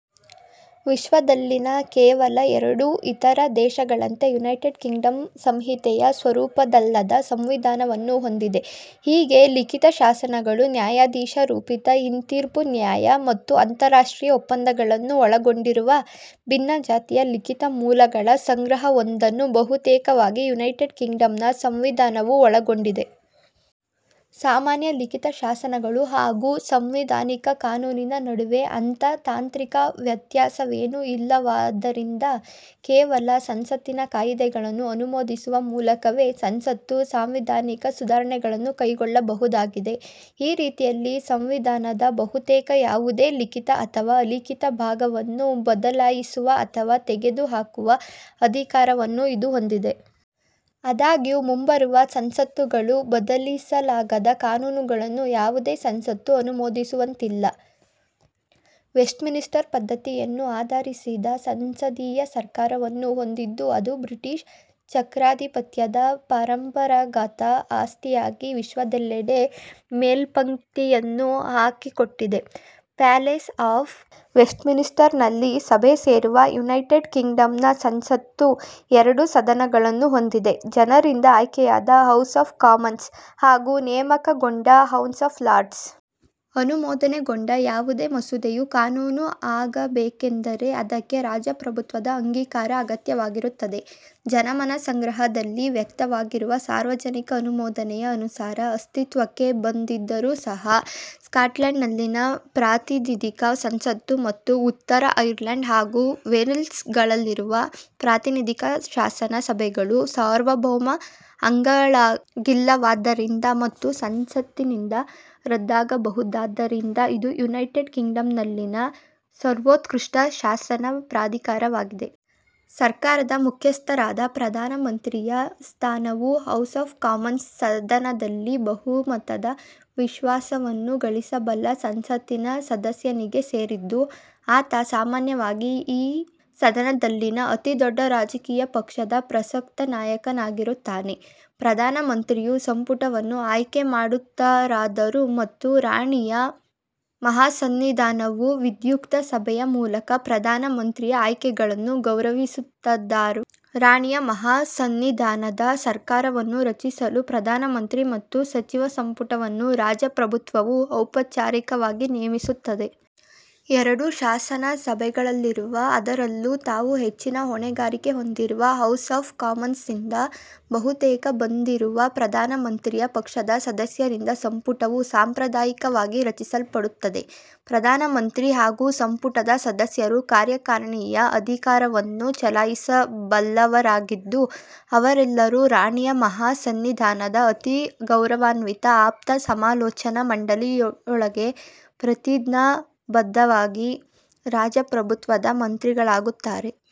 ವಿಶ್ವದಲ್ಲಿನ ಕೇವಲ ಎರಡು ಇತರ ದೇಶಗಳಂತೆ ಯುನೈಟೆಡ್ ಕಿಂಗ್ಡಂ ಸಂಹಿತೆಯ ಸ್ವರೂಪದ್ದಲ್ಲದ ಸಂವಿಧಾನ ವನ್ನು ಹೊಂದಿದೆ. ಹೀಗೆ, ಲಿಖಿತ ಶಾಸನ ಗಳು, ನ್ಯಾಯಾಧೀಶ ರೂಪಿತ ಹಿಂತೀರ್ಪು ನ್ಯಾಯ ಮತ್ತು ಅಂತರರಾಷ್ಟ್ರೀಯ ಒಪ್ಪಂದಗಳನ್ನು ಒಳಗೊಂಡಿರುವ ಭಿನ್ನಜಾತಿಯ ಲಿಖಿತ ಮೂಲಗಳ ಸಂಗ್ರಹವೊಂದನ್ನು ಬಹುತೇಕವಾಗಿ ಯುನೈಟೆಡ್ ಕಿಂಗ್ಡಂನ ಸಂವಿಧಾನ ವು ಒಳಗೊಂಡಿದೆ. ಸಾಮಾನ್ಯ ಲಿಖಿತ ಶಾಸನಗಳು ಹಾಗೂ "ಸಾಂವಿಧಾನಿಕ ಕಾನೂನಿನ" ನಡುವೆ ಅಂಥಾ ತಾಂತ್ರಿಕ ವ್ಯತ್ಯಾಸವೇನೂ ಇಲ್ಲವಾದ್ದರಿಂದ, ಕೇವಲ ಸಂಸತ್ತಿನ ಕಾಯಿದೆ ಗಳನ್ನು ಅನುಮೋದಿಸುವ ಮೂಲಕವೇ ಸಂಸತ್ತು ಸಾಂವಿಧಾನಿಕ ಸುಧಾರಣೆಗಳನ್ನು ಕೈಗೊಳ್ಳಬಲ್ಲುದಾಗಿದೆ. ಈ ರೀತಿಯಲ್ಲಿ, ಸಂವಿಧಾನದ ಬಹುತೇಕ ಯಾವುದೇ ಲಿಖಿತ ಅಥವಾ ಅಲಿಖಿತ ಭಾಗವನ್ನು ಬದಲಾಯಿಸುವ ಅಥವಾ ತೆಗೆದುಹಾಕುವ ಅಧಿಕಾರ ವನ್ನು ಇದು ಹೊಂದಿದೆ. ಆದಾಗ್ಯೂ, ಮುಂಬರುವ ಸಂಸತ್ತುಗಳು ಬದಲಿಸಲಾಗದ ಕಾನೂನುಗಳನ್ನು ಯಾವುದೇ ಸಂಸತ್ತು ಅನುಮೋದಿಸುವಂತಿಲ್ಲ. ವೆಸ್ಟ್ಮಿನಿಸ್ಟರ್ ಪದ್ಧತಿ ಯನ್ನು ಆಧರಿಸಿದ ಸಂಸದೀಯ ಸರ್ಕಾರ ವನ್ನು ಹೊಂದಿದ್ದು ಅದು ಬ್ರಿಟಿಷ್ ಚಕ್ರಾಧಿಪತ್ಯ ದ ಪರಂಪರಾಗತ ಆಸ್ತಿಯಾಗಿ ವಿಶ್ವದೆಲ್ಲೆಡೆ ಮೇಲ್ಪಂಕ್ತಿಯನ್ನು ಹಾಕಿಕೊಟ್ಟಿದೆ. ಪ್ಯಾಲೇಸ್ ಆಫ್ ವೆಸ್ಟ್ಮಿನಿಸ್ಟರ್ ನಲ್ಲಿ ಸಭೆ ಸೇರುವ ಯುನೈಟೆಡ್ ಕಿಂಗ್ಡಂನ ಸಂಸತ್ತು ಎರಡು ಸದನಗಳನ್ನು ಹೊಂದಿದೆ: ಜನರಿಂದ ಆಯ್ಕೆಯಾದ ಹೌಸ್ ಆಫ್ ಕಾಮನ್ಸ್ ಹಾಗೂ ನೇಮಕಗೊಂಡ ಹೌಸ್ ಆಫ್ ಲಾರ್ಡ್ಸ್. ಅನುಮೋದನೆಗೊಂಡ ಯಾವುದೇ ಮಸೂದೆಯು ಕಾನೂನು ಆಗಬೇಕೆಂದರೆ ಅದಕ್ಕೆ ರಾಜ ಪ್ರಭುತ್ವದ ಅಂಗೀಕಾರ ಅಗತ್ಯವಾಗಿರುತ್ತದೆ. ಜನಮತ ಸಂಗ್ರಹ ದಲ್ಲಿ ವ್ಯಕ್ತವಾಗಿರುವ ಸಾರ್ವಜನಿಕ ಅನುಮೋದನೆಯ ಅನುಸಾರ ಅಸ್ತಿತ್ವಕ್ಕೆ ಬಂದಿದ್ದರೂ ಸಹ, ಸ್ಕಾಟ್ಲೆಂಡ್ ನಲ್ಲಿನ ಪ್ರಾತಿನಿಧಿಕ ಸಂಸತ್ತು ಮತ್ತು ಉತ್ತರ ಐರ್ಲೆಂಡ್ ಹಾಗೂ ವೇಲ್ಸ್ ಗಳಲ್ಲಿರುವ ಪ್ರಾತಿನಿಧಿಕ ಶಾಸನ ಸಭೆಗಳು ಸಾರ್ವಭೌಮ ಅಂಗಗಳಾಗಿಲ್ಲವಾದ್ದರಿಂದ ಮತ್ತು ಸಂಸತ್ತಿನಿಂದ ರದ್ದಾಗಬಹುದಾದ್ದರಿಂದ ಇದು ಯುನೈಟೆಡ್ ಕಿಂಗ್ಡಂನಲ್ಲಿನ ಸರ್ವೋತ್ಕೃಷ್ಟ ಶಾಸನ ಪ್ರಾಧಿಕಾರವಾಗಿದೆ. ಸರ್ಕಾರದ ಮುಖ್ಯಸ್ಥ ರಾದ ಪ್ರಧಾನ ಮಂತ್ರಿ ಯ ಸ್ಥಾನವು ಹೌಸ್ ಆಫ್ ಕಾಮನ್ಸ್ ಸದನದಲ್ಲಿ ಬಹುಮತದ ವಿಶ್ವಾಸವನ್ನು ಗಳಿಸಬಲ್ಲ ಸಂಸತ್ತಿನ ಸದಸ್ಯನಿಗೆ ಸೇರಿದ್ದು, ಆತ ಸಾಮಾನ್ಯವಾಗಿ ಆ ಸದನದಲ್ಲಿನ ಅತಿದೊಡ್ಡ ರಾಜಕೀಯ ಪಕ್ಷದ ಪ್ರಸಕ್ತ ನಾಯಕನಾಗಿರುತ್ತಾನೆ. ಪ್ರಧಾನ ಮಂತ್ರಿಯು ಸಂಪುಟವನ್ನು ಆಯ್ಕೆ ಮಾಡುತ್ತಾರಾದರೂ, ಮತ್ತು ರಾಣಿಯ ಮಹಾಸನ್ನಿಧಾನವು ವಿಧ್ಯುಕ್ತ ಸಭೆಯ ಮೂಲಕ ಪ್ರಧಾನ ಮಂತ್ರಿಯ ಆಯ್ಕೆಗಳನ್ನು ಗೌರವಿಸುತ್ತಾದಾದರೂ ರಾಣಿಯ ಮಹಾ ಸನ್ನಿಧಾನದ ಸರ್ಕಾರ ವನ್ನು ರಚಿಸಲು ಪ್ರಧಾನ ಮಂತ್ರಿ ಮತ್ತು ಸಚಿವ ಸಂಪುಟವನ್ನು ರಾಜ ಪ್ರಭುತ್ವವು ಔಪಚಾರಿಕವಾಗಿ ನೇಮಿಸುತ್ತದೆ. ಎರಡೂ ಶಾಸನ ಸಭೆಗಳಲ್ಲಿರುವ, ಅದರಲ್ಲೂ ತಾವು ಹೆಚ್ಚಿನ ಹೊಣೆಗಾರಿಕೆ ಹೊಂದಿರುವ ಹೌಸ್ ಆಫ್ ಕಾಮನ್ಸ್ನಿಂದ ಬಹುತೇಕ ಬಂದಿರುವ ಪ್ರಧಾನ ಮಂತ್ರಿಯ ಪಕ್ಷದ ಸದಸ್ಯರಿಂದ ಸಂಪುಟ ವು ಸಾಂಪ್ರದಾಯಿಕವಾಗಿ ರಚಿಸಲ್ಪಡುತ್ತದೆ. ಪ್ರಧಾನ ಮಂತ್ರಿ ಹಾಗೂ ಸಂಪುಟದ ಸದಸ್ಯರು ಕಾರ್ಯಕಾರಿಣಿಯ ಅಧಿಕಾರವನ್ನು ಚಲಾಯಿಸಬಲ್ಲವರಾಗಿದ್ದು, ಅವರೆಲ್ಲರೂ ರಾಣಿಯ ಮಹಾ ಸನ್ನಿಧಾನದ ಅತಿ ಗೌರವಾನ್ವಿತ ಆಪ್ತ ಸಮಾಲೋಚನಾ ಮಂಡಳಿ ಯೊಳಗೆ ಪ್ರತಿಜ್ಞಾಬದ್ಧರಾಗಿ, ರಾಜ ಪ್ರಭುತ್ವದ ಮಂತ್ರಿ ಗಳಾಗುತ್ತಾರೆ.